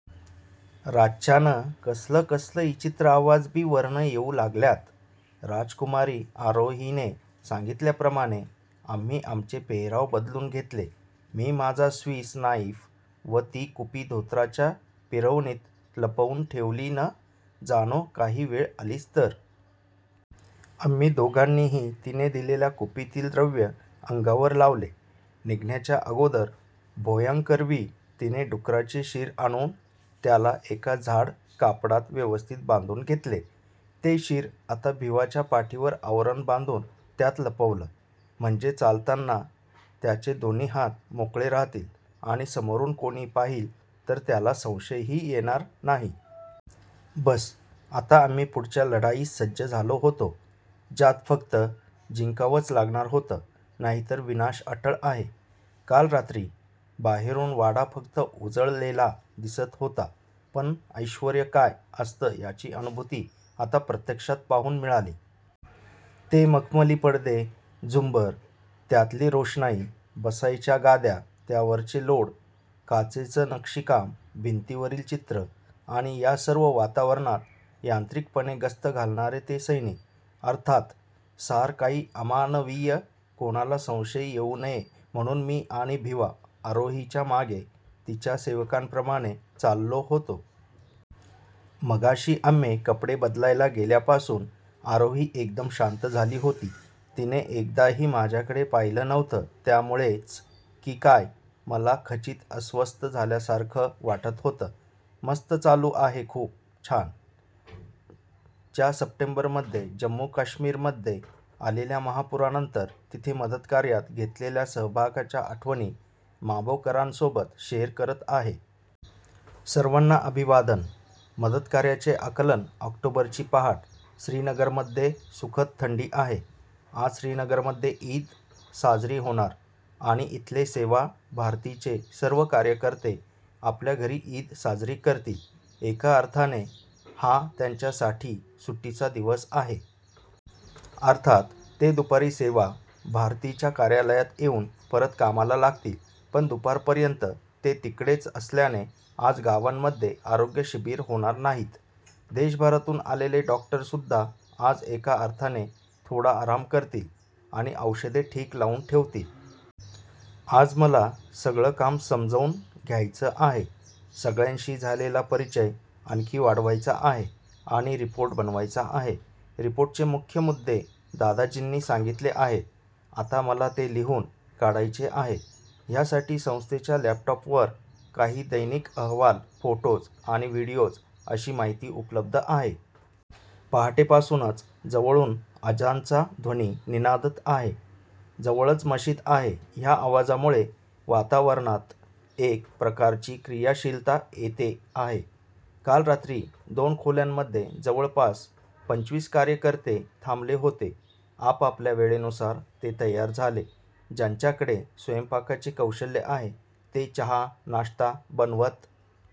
रातच्यान कसल कसल इचित्र आवाज बी वरन येऊ लागल्यात. "राजकुमारी आरोहीने सांगितल्याप्रमाणे आम्ही आमचे पेहराव बदलुन घेतले. मी माझा स्वीस नाईफ व ती कुपी धोतराच्या पिरवणीत लपवुन ठेवली न जानो काही वेळ आलीच तर. आम्ही दोघांनीही तिने दिलेल्या कुपीतील द्रव्य अंगावर लावले. निघण्याच्या अगोदर भोयांकरवी तिने डुकराचे शीर आणुन त्याला एका जाड कापडात व्यवस्थित बांधुन घेतले. ते शीर आता भिवाच्या पाठीवर आवरण बांधुन त्यात लपवल. म्हणजे चालताना त्याचे दोन्ही हात मोकळे राहतील आणि समोरुन कोनी पाहील तर त्याला संशय ही येणार नाही. बस आता आम्ही पुढच्या लढाईस सज्ज झालो होतो ज्यात फक्त जिंकावच लागणार होतं नाहीतर विनाश अटळ आहे. काल रात्री बाहेरुन वाडा फक्त उजळलेला दिसत होता. पण ऐश्वर्य काय असत याची अनुभुती आता प्रत्यक्षात पाहुन मिळाली. ते मखमली पडदे, झुंबर, त्यातली रोशनाई, बसायच्या गाद्या त्यावरचे लोड, काचेच नक्षीकाम, भिंतीवरील चित्र आणि या सर्व वातावरणात यांत्रिकपणे गस्त घालणारे ते सैनिक. अर्थात सार काही अमानवीय. कोणाला संशय येऊ नये म्हणुन मी आणि भिवा आरोहीच्या मागे तिच्या सेवकांप्रमाणे चाललो होतो. मगाशी आम्ही कपडे बदलायला गेल्यापासुन आरोही एकदम शांत झाली होती. तिने एकदाही माझ्याकडे पाहील नव्हतं त्यामुळेच कि काय मला खचित अस्वस्थ झाल्यासारख वाटत होतं. मस्त चालू आहेखुप छान. च्या सप्टेंबरमध्ये जम्मू- कश्मीरमध्ये आलेल्या महापूरानंतर तिथे मदतकार्यात घेतलेल्या सहभागाच्या आठवणी माबोकरांसोबत शेअर करत आहे. सर्वांना अभिवादन! मदतकार्याचे आकलन ऑक्टोबरची पहाट! श्रीनगरमध्ये सुखद थंडी आहे. आज श्रीनगरमध्ये ईद साजरी होणार आणि इथले सेवा भारतीचे सर्व कार्यकर्ते आपल्या घरी ईद साजरी करतील. एका अर्थाने हा त्यांच्यासाठी सुट्टीचा दिवस आहे. अर्थात् ते दुपारी सेवा भारतीच्या कार्यालयात येऊन परत कामाला लागतील. पण दुपारपर्यंत ते तिकडेच असल्याने आज गावांमध्ये आरोग्य शिबिर होणार नाहीत. देशभरातून आलेले डॉक्टरसुद्धा आज एका अर्थाने थोडा आराम करतील आणि औषधे ठीक लावून ठेवतील. आज मला सगळं काम समजून घ्यायचं आहे; सगळ्यांशी झालेला परिचय आणखी वाढवायचा आहे आणि रिपोर्ट बनवायचा आहे. रिपोर्टचे मुख्य मुद्दे दादाजींनी सांगितले आहेत. आता मला ते लिहून काढायचे आहेत. ह्यासाठी संस्थेच्या लॅपटॉपवर काही दैनिक अहवाल, फोटोज आणि व्हिडिओज अशी माहिती उपलब्ध आहे. पहाटेपासूनच जवळून अजानचा ध्वनी निनादत आहे. जवळच मशीद आहे. ह्या आवाजामुळे वातावरणात एक प्रकारची क्रियाशीलता येते आहे. काल रात्री दोन खोल्यांमध्ये जवळपास पंचवीस कार्यकर्ते थांबले होते. आपापल्या वेळेनुसार ते तयार झाले. ज्यांच्याकडे स्वयंपाकाचे कौशल्य आहे, ते चहा- नाश्ता बनवत